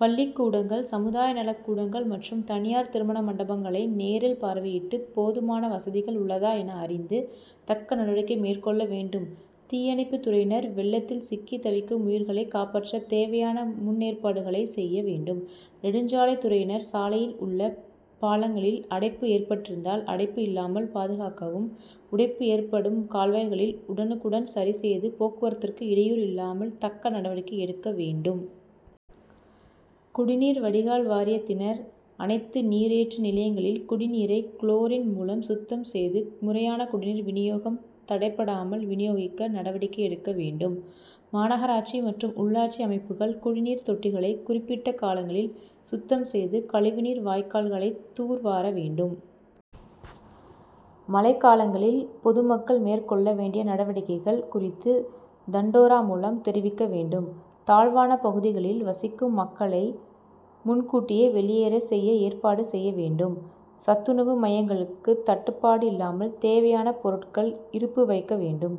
பள்ளிக் கூடங்கள் சமுதாய நலக் கூடங்கள் மற்றும் தனியார் திருமண மண்டபங்களை நேரில் பார்வையிட்டு போதுமான வசதிகள் உள்ளதா என அறிந்து தக்க நடவடிக்கை மேற்கொள்ள வேண்டும். தீயணைப்பு துறையினர் வெள்ளத்தில் சிக்கி தவிக்கும் உயிர்களை காப்பாற்ற தேவையான முன்னேற்பாடுகளை செய்ய வேண்டும். நெடுஞ்சாலைத் துறையினர் சாலையில் உள்ள பாலங்களில் அடைப்பு ஏற்பட்டிருந்தால் அடைப்பு இல்லாமல் பாதுகாக்கவும் உடைப்பு ஏற்படும் கால்வாய்களில் உடனுக்குடன் சரி செய்து போக்குவரத்திற்கு இடையூறு இல்லாமல் தக்க நடவடிக்கை எடுக்க வேண்டும். குடிநீர் வடிகால் வாரியத்தினர் அனைத்து நீரேற்று நிலையங்களில் குடிநீரை குளோரின் மூலம் சுத்தம் செய்து முறையான குடிநீர் வினியோகம் தடைபடாமல் வினியோகிக்க நடவடிக்கை எடுக்க வேண்டும். மாநகராட்சி மற்றும் உள்ளாட்சி அமைப்புகள் குடிநீர் தொட்டிகளை குறிப்பிட்ட காலங்களில் சுத்தம் செய்து கழிவு நீர் வாய்க்கால்களை தூர் வார வேண்டும். மழைக் காலங்களில் பொதுமக்கள் மேற்கொள்ள வேண்டிய நடவடிக்கைகள் குறித்து தண்டோரா மூலம் தெரிவிக்க வேண்டும். தாழ்வான பகுதிகளில் வசிக்கும் மக்களை முன்கூட்டியே வெளியேற செய்ய ஏற்பாடு செய்ய வேண்டும். சத்துணவு மையங்களுக்கு தட்டுப்பாடு இல்லாமல் தேவையான பொருட்கள் இருப்பு வைக்க வேண்டும்.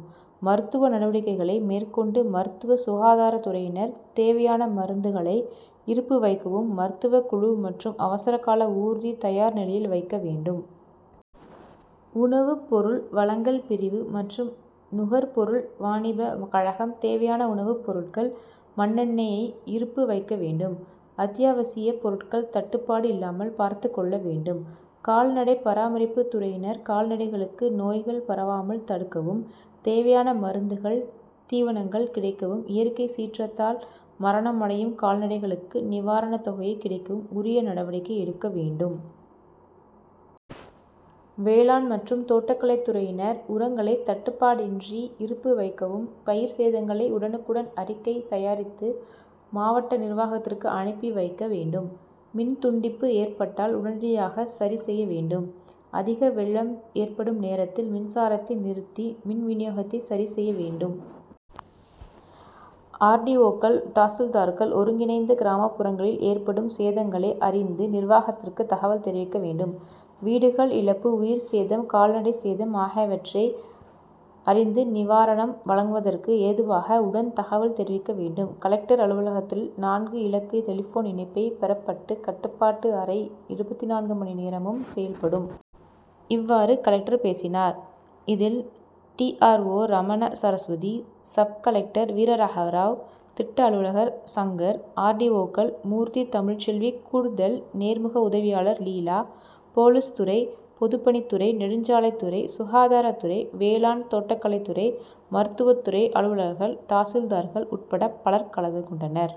மருத்துவ நடவடிக்களை மேற்கொண்டு மருத்துவ சுகாதார துறையினர் தேவையான மருந்துகளை இருப்பு வைக்கவும் மருத்துவ குழு மற்றும் அவசர கால ஊர்தி தயார் நிலையில் வைக்க வேண்டும். உணவு பொருள் வழங்கல் பிரிவு மற்றும் நுகர்பொருள் வாணிப கழகம் தேவையான உணவு பொருட்கள் மண்ணெண்ணெயை இருப்பு வைக்க வேண்டும். அத்யாவசிய பொருட்கள் தட்டுப்பாடு இல்லாமல் பார்த்து கொள்ள வேண்டும். கால்நடை பராமரிப்பு துறையினர் கால்நடைகளுக்கு நோய்கள் பரவாமல் தடுக்கவும் தேயைவான மருந்துகள் தீவனங்கள் கிடைக்கவும் இயற்கை சீற்றத்தால் மரணமடையும் கால்நடைகளுக்கு நிவாரண தொகை கிடைக்கவும் உரிய நடவடிக்கை எடுக்க வேண்டும். வேளாண் மற்றும் தோட்டக்கலைத் துறையினர் உரங்களை தட்டுப்பாடு இன்றி இருப்பு வைக்கவும் பயிர் சேதங்களை உடனுக்குடன் அறிக்கை தயாரித்து மாவட்ட நிர்வாகத்திற்கு அனுப்பி வைக்க வேண்டும். மின் துண்டிப்பு ஏற்பட்டால் உடனடியாக சரி செய்ய வேண்டும். அதிக வெள்ளம் ஏற்படும் நேரத்தில் மின்சாரத்தை நிறுத்தி மின் வினியோகத்தை சரி செய்ய வேண்டும். ஆர். டி. ஓக்கள் தாசில்தார்கள் ஒருங்கிணைந்து கிராமப்புறங்களில் ஏற்படும் சேதங்களை அறிந்து நிர்வாகத்திற்கு தகவல் தெரிவிக்க வேண்டும். வீடுகள் இழப்பு உயிர் சேதம் கால்நடை சேதம் ஆகியவற்றை அறிந்து நிவாரணம் வழங்குவதற்கு ஏதுவாக உடன் தகவல் தெரிவிக்க வேண்டும். கலெக்டர் அலுவலகத்தில் நான்கு இலக்க டெலிபோன் இணைப்பு பெறப்பட்டு கட்டுப்பாட்டு அறை இருபத்து நான்கு மணி நேரமும் செயல்படும். இவ்வாறு கலெக்டர் பேசினார். இதில் D. R. O Ramana Saraswathi sub collector வீரராகவராவ் திட்ட அலுவலர் சங்கர் ஆர். டி. ஓக்கள் மூர்த்தி தமிழ்செல்வி கூடுதல் நேர்முக உதவியாளர் லீலா போலீஸ் துறை பொதுப்பணித் துறை நெடுஞ்சாலைத் துறை சுகாதார துறை வேளாண் தோட்டக்கலைத் துறை மருத்துவ துறை அலுவலர்கள் தாசில்தார்கள் உட்பட பலர் கலந்து கொண்டனர்.